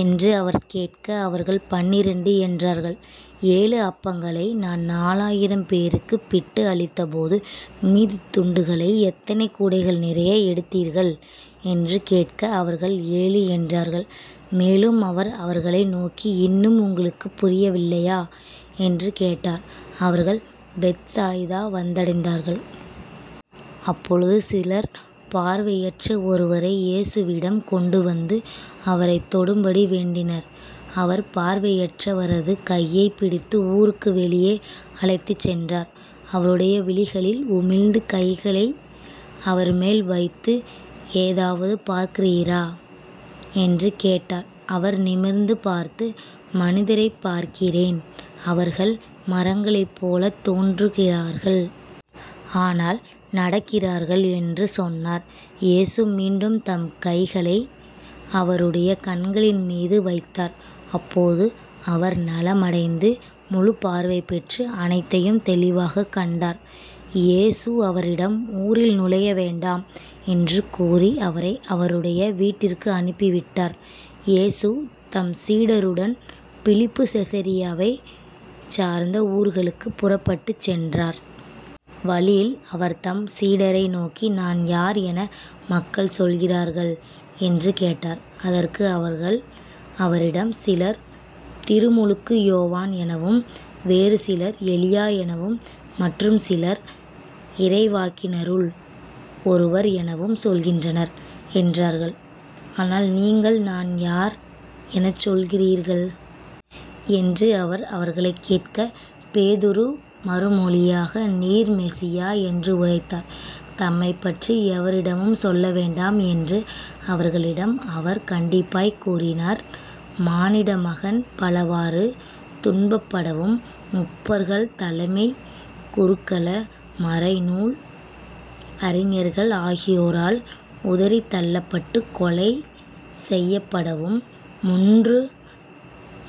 என்று அவர் கேட்க அவர்கள்பன்னிரண்டு என்றார்கள். ஏழு அப்பங்களை நான் நாலாயிரம் பேருக்குப் பிட்டு அளித்தபோது மீதித் துண்டுகளை எத்தனை கூடைகள் நிறைய எடுத்தீர்கள்? என்று கேட்க அவர்கள் ஏழு என்றார்கள். மேலும் அவர் அவர்களை நோக்கி இன்னும் உங்களுக்குப் புரியவில்லையா? என்று கேட்டார். அவர்கள் பெத்சாய்தா வந்தடைந்தார்கள். அப்பொழுது சிலர் பார்வையற்ற ஒருவரை இயேசுவிடம் கொண்டுவந்து அவரைத் தொடும்படி வேண்டினர். அவர் பார்வையற்றவரது கையைப் பிடித்து ஊருக்கு வெளியே அழைத்துச் சென்றார். அவருடைய விழிகளில் உமிழ்ந்து கைகளை அவர்மேல் வைத்து ஏதாவது பார்க்கிறீரா? என்று கேட்டார். அவர் நிமிர்ந்து பார்த்து மனிதரைப் பார்க்கிறேன். அவர்கள் மரங்களைப் போலத் தோன்றுகிறார்கள். ஆனால் நடக்கிறார்கள் என்று சொன்னார். இயேசு மீண்டும் தம் கைகளை அவருடைய கண்களின்மீது வைத்தார். அப்போது அவர் நலமடைந்து முழுப் பார்வை பெற்று அனைத்தையும் தெளிவாகக் கண்டார். இயேசு அவரிடம் ஊரில் நுழைய வேண்டாம் என்று கூறி அவரை அவருடைய வீட்டிற்கு அனுப்பிவிட்டார். இயேசு தம் சீடருடன் பிலிப்புச் செசரியாவைச் சார்ந்த ஊர்களுக்குப் புறப்பட்டுச் சென்றார். வழியில் அவர் தம் சீடரை நோக்கி நான் யார் என மக்கள் சொல்கிறார்கள்? என்று கேட்டார். அதற்கு அவர்கள் அவரிடம் சிலர் திருமுழுக்கு யோவான் எனவும் வேறு சிலர் எலியா எனவும் மற்றும் சிலர் இறைவாக்கினருள் ஒருவர் எனவும் சொல்கின்றனர் என்றார்கள். ஆனால் நீங்கள் நான் யார் எனச் சொல்கிறீர்கள்? என்று அவர் அவர்களைக் கேட்க பேதுரு மறுமொழியாக நீர் மெசியா என்று உரைத்தார். தம்மைப்பற்றி எவரிடமும் சொல்ல வேண்டாம் என்று அவர்களிடம் அவர் கண்டிப்பாய்க் கூறினார். மானிடமகன் பலவாறு துன்பப்படவும் முப்பர்கள் தலைமைக் குருக்கள மறைநூல் அறிஞர்கள் ஆகியோரால் உதறித் தள்ளப்பட்டுக் கொலை செய்யப்படவும் முன்று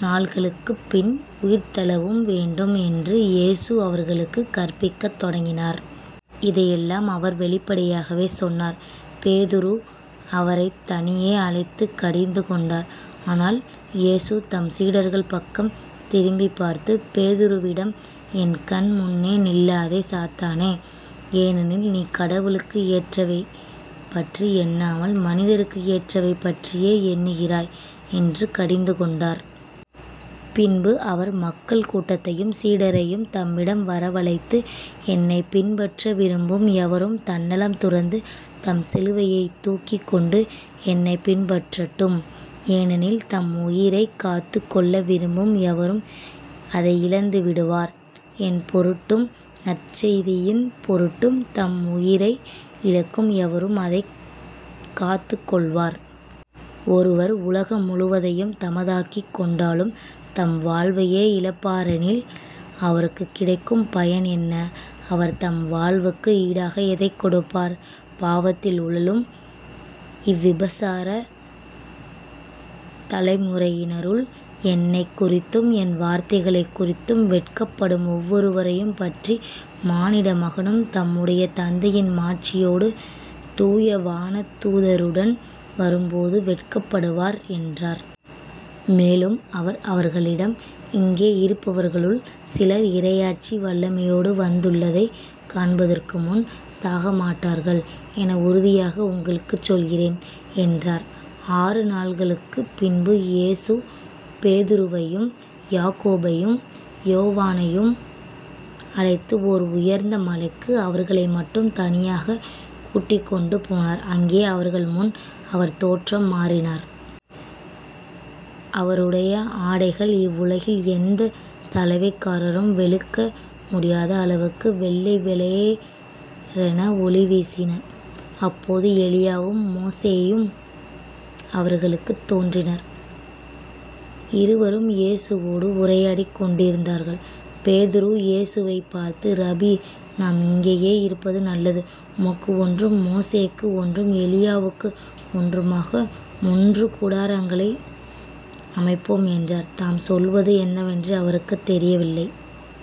நாள்களுக்குப்பின் உயிர்த்தெழவும் வேண்டும் என்று இயேசு அவர்களுக்குக் கற்பிக்கத் தொடங்கினார். இதையெல்லாம் அவர் வெளிப்படையாகவே சொன்னார். பேதுரு அவரைத் தனியே அழைத்துக் கடிந்து கொண்டார். ஆனால் இயேசு தம் சீடர்கள் பக்கம் திரும்பிப் பார்த்து பேதுருவிடம் என் கண் முன்னே நில்லாதே சாத்தானே. ஏனெனில் நீ கடவுளுக்கு ஏற்றவை பற்றி எண்ணாமல் மனிதருக்கு ஏற்றவை பற்றியே எண்ணுகிறாய் என்று கடிந்துகொண்டார். பின்பு அவர் மக்கள் கூட்டத்தையும் சீடரையும் தம்மிடம் வரவழைத்து என்னைப் பின்பற்ற விரும்பும் எவரும் தன்னலம் துறந்து தம் சிலுவையைத் தூக்கிக்கொண்டு என்னைப் பின்பற்றட்டும். ஏனெனில் தம் உயிரைக் காத்துக்கொள்ள விரும்பும் எவரும் அதை இழந்து விடுவார் என் பொருட்டும் நற்செய்தியின் பொருட்டும் தம் உயிரை இழக்கும் எவரும் அதைக் காத்துக் கொள்வார். ஒருவர் உலகம் முழுவதையும் தமதாக்கிக் கொண்டாலும் தம் வாழ்வையே இழப்பாரெனில் அவருக்குக் கிடைக்கும் பயன் என்ன? அவர் தம் வாழ்வுக்கு ஈடாக எதைக் கொடுப்பார்? பாவத்தில் உழலும் இவ்விபசாரத் தலைமுறையினருள் என்னைக் குறித்தும் என் வார்த்தைகளைக் குறித்தும் வெட்கப்படும் ஒவ்வொருவரையும் பற்றி மானிட மகனும் தம்முடைய தந்தையின் மாட்சியோடு தூய வானதூதருடன் வரும்போது வெட்கப்படுவார் என்றார். மேலும் அவர் அவர்களிடம் இங்கே இருப்பவர்களுள் சிலர் இறையாட்சி வல்லமையோடு வந்துள்ளதைக் காண்பதற்குமுன் சாகமாட்டார்கள் என உறுதியாக உங்களுக்குச் சொல்கிறேன் என்றார். ஆறு நாள்களுக்குப் பின்பு இயேசு பேதுருவையும் யாக்கோபையும் யோவானையும் அழைத்து ஓர் உயர்ந்த மலைக்கு அவர்களைமட்டும் தனியாகக் கூட்டிக்கொண்டு போனார். அங்கே அவர்கள்முன் அவர் தோற்றம் மாறினார். அவருடைய ஆடைகள் இவ்வுலகில் எந்த சலவைக்காரரும் வெளுக்க முடியாத அளவுக்கு வெள்ளை வெளேரென ஒளிவீசின. அப்போது எலியாவும் மோசேயும் அவர்களுக்குத் தோன்றினர். இருவரும் இயேசுவோடு உரையாடிக் கொண்டிருந்தார்கள். பேதுரு இயேசுவைப் பார்த்து ரபி நாம் இங்கேயே இருப்பது நல்லது. உமக்கு ஒன்றும் மோசேக்கு ஒன்றும் எலியாவுக்கு ஒன்றுமாக முன்று கூடாரங்களை அமைப்போம் என்றார். தாம் சொல்வது என்னவென்று அவருக்குத் தெரியவில்லை.